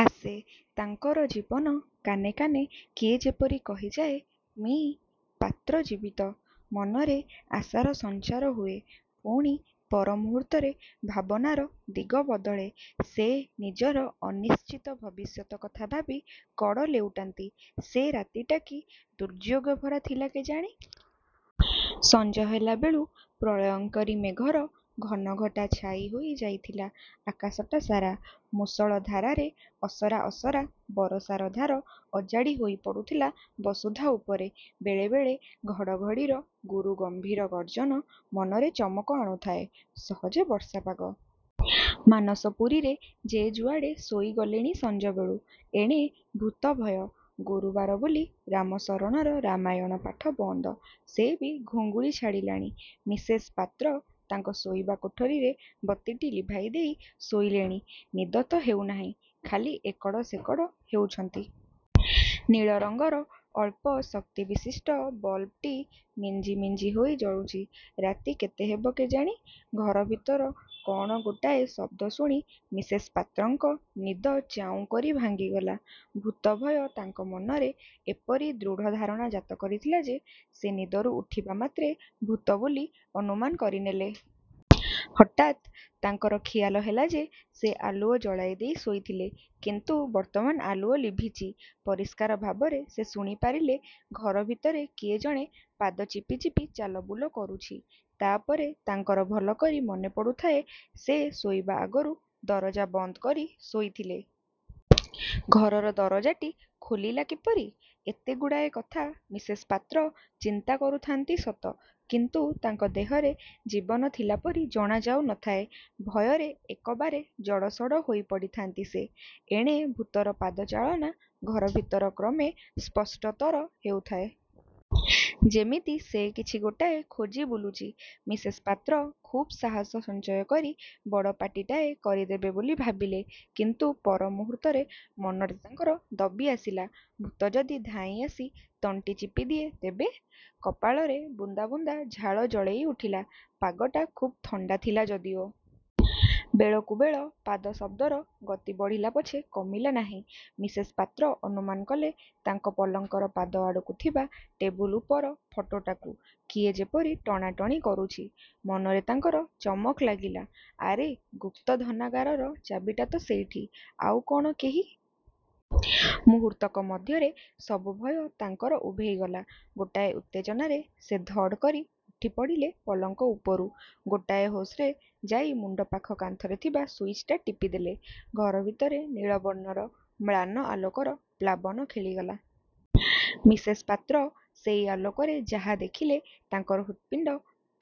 ଆସେ। ତାଙ୍କର ଜୀବନ କାନେ କାନେ କିଏ ଯେପରି କହିଯାଏ, 'ମି: ପାତ୍ର ଜୀବିତ'-। ମନରେ ଆଶାର ସଞ୍ଚାର ହୁଏ। ପୁଣି ପର ମୁହୂର୍ତ୍ତରେ ଭାବନାର ଦିଗ ବଦଳେ। ସେ ନିଜର ଅନିଶ୍ଚିତ ଭବିଷ୍ୟତ କଥା ଭାବି କଡ଼ ଲେଉଟାନ୍ତି। ସେ ରାତିଟା କି ଦୁର୍ଯ୍ୟୋଗ ଭରା ଥିଲା କେଜାଣି। ସଞ୍ଜ ହେଲାବେଳୁ ପ୍ରଳୟଙ୍କରୀ ମେଘର ଘନଘଟା ଛାଇ ହୋଇ ଯାଇଥିଲା ଆକାଶଟା ସାରା। ମୂଷଳ ଧାରାରେ ଅସରା ଅସରା ବରଷାର ଧାର ଅଜାଡ଼ି ହୋଇ ପଡ଼ୁଥିଲା ବସୁଧା ଉପରେ। ବେଳେ ବେଳେ ଘଡ଼ଘଡ଼ିର ଗୁରୁ ଗମ୍ଭୀର ଗର୍ଜନ ମନରେ ଚମକ ଆଣୁଥାଏ। ସହଜେ ବର୍ଷା ପାଗ। ମାନସପୁରୀରେ ଯେ ଯୁଆଡ଼େ ଶୋଇ ଗଲେଣି ସଞ୍ଜ ବେଳୁ। ଏଣେ ଭୂତ ଭୟ। ଗୁରୁବାର ବୋଲି ରାମଶରଣର ରାମାୟଣ ପାଠ ବନ୍ଦ। ସେ ବି ଘୁଙ୍ଗୁଡ଼ି ଛାଡ଼ିଲାଣି। ମିସେସ୍ ପାତ୍ର ତାଙ୍କ ଶୋଇବା କୋଠରୀରେ ବତୀଟି ଲିଭାଇଦେଇ ଶୋଇଲେଣି। ନିଦ ତ ହେଉନାହିଁ, ଖାଲି ଏକଡ଼ ସେକଡ଼ ହେଉଛନ୍ତି। ନୀଳ ରଙ୍ଗର ଅଳ୍ପ ଶକ୍ତିବିଶିଷ୍ଟ ବଲବ୍ଟି ମିଞ୍ଜି ମିଞ୍ଜି ହୋଇ ଜଳୁଛି। ରାତି କେତେ ହେବ କେଜାଣି ଘର ଭିତର କ'ଣ ଗୋଟାଏ ଶବ୍ଦ ଶୁଣି ମିସେସ୍ ପାତ୍ରଙ୍କ ନିଦ ଚାଉଁକରି ଭାଙ୍ଗିଗଲା। ଭୂତ ଭୟ ତାଙ୍କ ମନରେ ଏପରି ଦୃଢ଼ ଧାରଣା ଜାତ କରିଥିଲା ଯେ ସେ ନିଦରୁ ଉଠିବା ମାତ୍ରେ ଭୂତ ବୋଲି ଅନୁମାନ କରିନେଲେ। ହଠାତ୍ ତାଙ୍କର ଖିଆଲ ହେଲା ଯେ ସେ ଆଲୁଅ ଜଳାଇଦେଇ ଶୋଇଥିଲେ; କିନ୍ତୁ ବର୍ତ୍ତମାନ ଆଲୁଅ ଲିଭିଛି। ପରିଷ୍କାର ଭାବରେ ସେ ଶୁଣି ପାରିଲେ-ଘର ଭିତରେ କିଏ ଜଣେ ପାଦ ଚିପି ଚିପି ଚାଲ ବୁଲ କରୁଛି। ତା'ପରେ ତାଙ୍କର ଭଲକରି ମନେପଡ଼ୁଥାଏ, ସେ ଶୋଇବା ଆଗରୁ ଦରଜା ବନ୍ଦକରି ଶୋଇଥିଲେ। ଘରର ଦରଜାଟି ଖୋଲିଲା କିପରି? ଏତେ ଗୁଡ଼ାଏ କଥା ମିସେସ୍ ପାତ୍ର ଚିନ୍ତା କରୁଥାନ୍ତି ସତ; କିନ୍ତୁ ତାଙ୍କ ଦେହରେ ଜୀବନ ଥିଲା ପରି ଜଣାଯାଉ ନ ଥାଏ। ଭୟରେ ଏକବାରେ ଜଡ଼ସଡ଼ ହୋଇ ପଡ଼ିଥାନ୍ତି ସେ। ଏଣେ ଭୂତର ପାଦ ଚାଳନା ଘର ଭିତରେ କ୍ରମେ ସ୍ପଷ୍ଟତର ହେଉଥାଏ। ଯେମିତି ସେ କିଛି ଗୋଟାଏ ଖୋଜି ବୁଲୁଛି। ମିସେସ୍ ପାତ୍ର ଖୁବ୍ ସାହସ ସଞ୍ଚୟ କରି ବଡ଼ ପାଟିଟାଏ କରିଦେବେ ବୋଲି ଭାବିଲେ, କିନ୍ତୁ ପର ମୁହୂର୍ତ୍ତରେ ମନଟା ତାଙ୍କର ଦବି ଆସିଲା। ଭୂତ ଯଦି ଧାଇଁ ଆସି ତଣ୍ଟି ଚିପିଦିଏ, ତେବେ! କପାଳରେ ବୁନ୍ଦା ବୁନ୍ଦା ଝାଳ ଜଳେଇ ଉଠିଲା, ପାଗଟା ଖୁବ୍ ଥଣ୍ଡାଥିଲା ଯଦିଓ। ବେଳକୁବେଳ ପାଦ ଶବ୍ଦର ଗତି ବଢ଼ିଲା ପଛେ କମିଲା ନାହିଁ। ମିସେସ୍ ପାତ୍ର ଅନୁମାନକଲେ ତାଙ୍କ ପଲଙ୍କର ପାଦ ଆଡ଼କୁ ଥିବା ଟେବୁଲ ଉପର ଫଟୋଟାକୁ କିଏ ଯେପରି ଟଣା ଟଣି କରୁଛି। ମନରେ ତାଙ୍କର ଚମକ ଲାଗିଲା-'ଆରେ ଗୁପ୍ତ ଧନାଗାରର ଚାବିଟା ତ ସେଇଠି; ଆଉ କ'ଣ କେହି? ' ମୁହୂର୍ତ୍ତକ ମଧ୍ୟରେ ସବୁ ଭୟ ତାଙ୍କର ଉଭେଇ ଗଲା। ଗୋଟାଏ ଉତ୍ତେଜନାରେ ସେ ଧଡ଼୍ କରି ଉଠି ପଡ଼ିଲେ ପଲଙ୍କ ଉପରୁ। ଗୋଟାଏ ହୋସ୍ରେ ଯାଇ ମୁଣ୍ଡ ପାଖ କାନ୍ଥରେ ଥିବା ସୁଇଚ୍ଟା ଟିପିଦେଲେ। ଘର ଭିତରେ ନୀଳ ବର୍ଣ୍ଣର ମ୍ଳାନ ଆଲୋକର ପ୍ଲାବନ ଖେଳିଗଲା। ମିସେସ୍ ପାତ୍ର ସେଇ ଆଲୋକରେ ଯାହା ଦେଖିଲେ, ତାଙ୍କର ହୃତ୍ପିଣ୍ଡ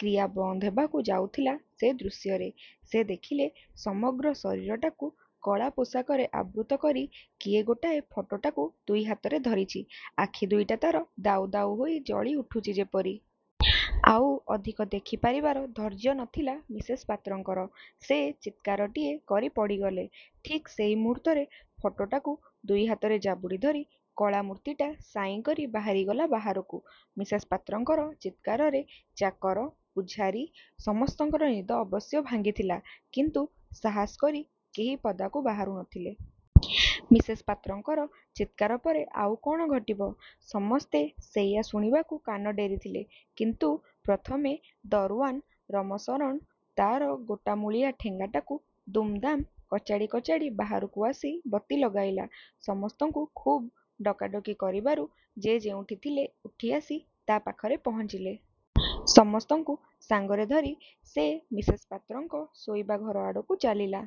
କ୍ରିୟା ବନ୍ଦ ହେବାକୁ ଯାଉଥିଲା ସେ ଦୃଶ୍ୟରେ। ସେ ଦେଖିଲେ-ସମଗ୍ର ଶରୀରଟାକୁ କଳା ପୋଷାକରେ ଆବୃତ କରି କିଏ ଗୋଟାଏ ଫଟୋଟାକୁ ଦୁଇ ହାତରେ ଧରିଛି; ଆଖି ଦୁଇଟା ତା'ର ଦାଉ ଦାଉ ହୋଇ ଜଳି ଉଠୁଛି ଯେପରି। ଆଉ ଅଧିକ ଦେଖି ପାରିବାର ଧୈର୍ଯ୍ୟ ନଥିଲା ମିସେସ୍ ପାତ୍ରଙ୍କର। ସେ ଚିତ୍କାରଟାଏ କରି ପଡ଼ିଗଲେ। ଠିକ୍ ସେଇ ମୁହୂର୍ତ୍ତରେ ଫଟୋଟାକୁ ଦୁଇ ହାତରେ ଜାବୁଡ଼ି ଧରି କଳା ମୂର୍ତ୍ତିଟା ସାଇଁକରି ବାହାରିଗଲା ବାହାରକୁ। ମିସେସ୍ ପାତ୍ରଙ୍କର ଚିତ୍କାରରେ ଚାକର, ପୁଝାରୀ, ସମସ୍ତଙ୍କର ନିଦ ଅବଶ୍ୟ ଭାଙ୍ଗିଥିଲା; କିନ୍ତୁ ସାହସ କରି କେହି ପଦାକୁ ବାହାରୁ ନ ଥିଲେ। ମିସେସ୍ ପାତ୍ରଙ୍କର ଚିତ୍କାର ପରେ ଆଉ କ'ଣ ଘଟିବ, ସମସ୍ତେ ସେଇୟା ଶୁଣିବାକୁ କାନ ଡେରିଥିଲେ; କିନ୍ତୁ ପ୍ରଥମେ ଦରଓ୍ୱାନ୍ ରମଶରଣ ତା'ର ମୋଟା ମୂଳିଆ ଠେଙ୍ଗାଟାକୁ ଦୁମ୍ ଦାମ୍ କଚାଡ଼ି କଚାଡ଼ି ବାହାରକୁ ଆସି ବତୀ ଲଗାଇଲା। ସମସ୍ତଙ୍କୁ ଖୁବ୍ ଡକାଡକି କରିବାରୁ ଯେ ଯେଉଁଠି ଥିଲେ ଉଠିଆସି ତା' ପାଖରେ ପହଞ୍ଚିଲେ। ସମସ୍ତଙ୍କୁ ସାଙ୍ଗରେ ଧରି ସେ ମିସେସ୍ ପାତ୍ରଙ୍କ ଶୋଇବା ଘର ଆଡ଼କୁ ଚାଲିଲା।